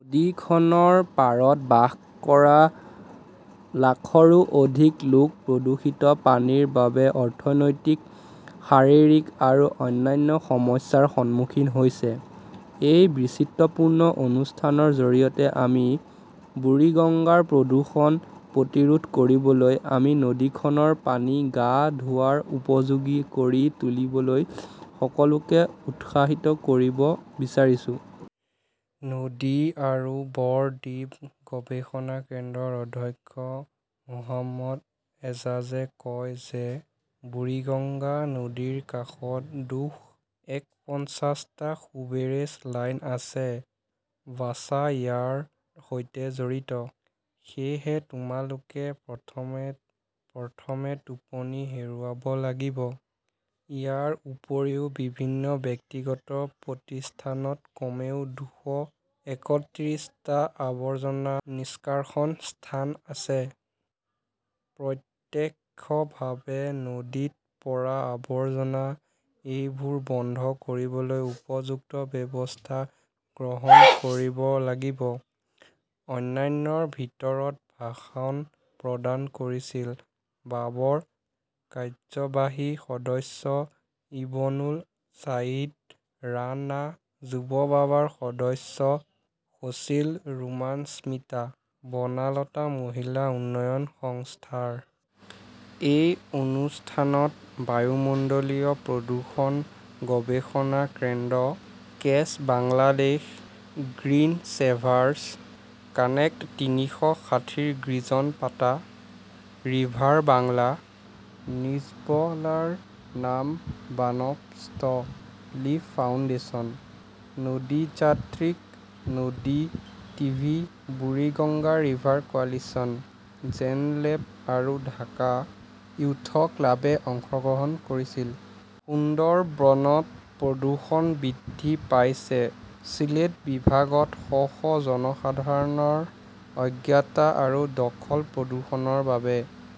নদীখনৰ পাৰত বাস কৰা লাখৰো অধিক লোক প্ৰদূষিত পানীৰ বাবে অৰ্থনৈতিক, শাৰীৰিক আৰু অন্যান্য সমস্যাৰ সন্মুখীন হৈছে। এই বৈচিত্ৰপূৰ্ণ অনুষ্ঠানৰ জৰিয়তে আমি বুৰিগঙ্গাৰ প্ৰদূষণ প্ৰতিৰোধ কৰিবলৈ আৰু নদীখনৰ পানী গা ধোৱাৰ উপযোগী কৰি তুলিবলৈ সকলোকে উৎসাহিত কৰিব বিচাৰো। নদী আৰু ব-দ্বীপ গৱেষণা কেন্দ্ৰৰ অধ্যক্ষ মহম্মদ এজাজে কয় যে বুৰিগঙ্গা নদীৰ কাষত দুশ একপঞ্চাশ টা সুৱেৰেজ লাইন আছে। ৱাছা ইয়াৰ সৈতে জড়িত। সেয়েহে তেওঁলোকে প্ৰথমে টোপনি হেৰুৱাব লাগিব। ইয়াৰ উপৰিও বিভিন্ন ব্যক্তিগত প্ৰতিষ্ঠানত কমেও দুশ একত্ৰিশ টা আৱৰ্জনা নিষ্কাশন স্থান আছে। প্ৰত্যক্ষভাৱে নদীত পৰা আৱৰ্জনা। এইবোৰ বন্ধ কৰিবলৈ উপযুক্ত ব্যৱস্থা গ্ৰহণ কৰিব লাগিব। অন্যান্যৰ ভিতৰত ভাষণ প্ৰদান কৰিছিল বাবাৰ কাৰ্যবাহী সদস্য ইবনুল ছাইদ ৰাণা, যুৱ বাবাৰ সদস্য সচিব ৰোমান স্মিতা, বনালতা মহিলা উন্নয়ন সংস্থাৰ এই অনুষ্ঠানত বায়ুমণ্ডলীয় প্ৰদূষণ গৱেষণা কেন্দ্ৰ, কেচ বাংলাদেশ, গ্ৰীণ ছেভাৰ্ছ, কানেক্ট তিনিশ ষাঠি গ্ৰীজনপাতা, ৰিভাৰ বাংলা, নিজ-ব 'লাৰ নাম ৱান ষ্ট' লি ফাউণ্ডেশ্যন, নদীযাত্ৰিক, নদী টিভি, বুৰিগঙ্গা ৰিভাৰ কোয়ালিশ্যন, জেনলেব আৰু ঢাকা য়ুথ ক্লাবে অংশগ্ৰহণ কৰিছিল। সুন্দৰবনত প্ৰদূষণ বৃদ্ধি পাইছে ছিলেট বিভাগত শ শ জনসাধাৰণৰ অজ্ঞতা আৰু দখল-প্ৰদূষণৰ বাবে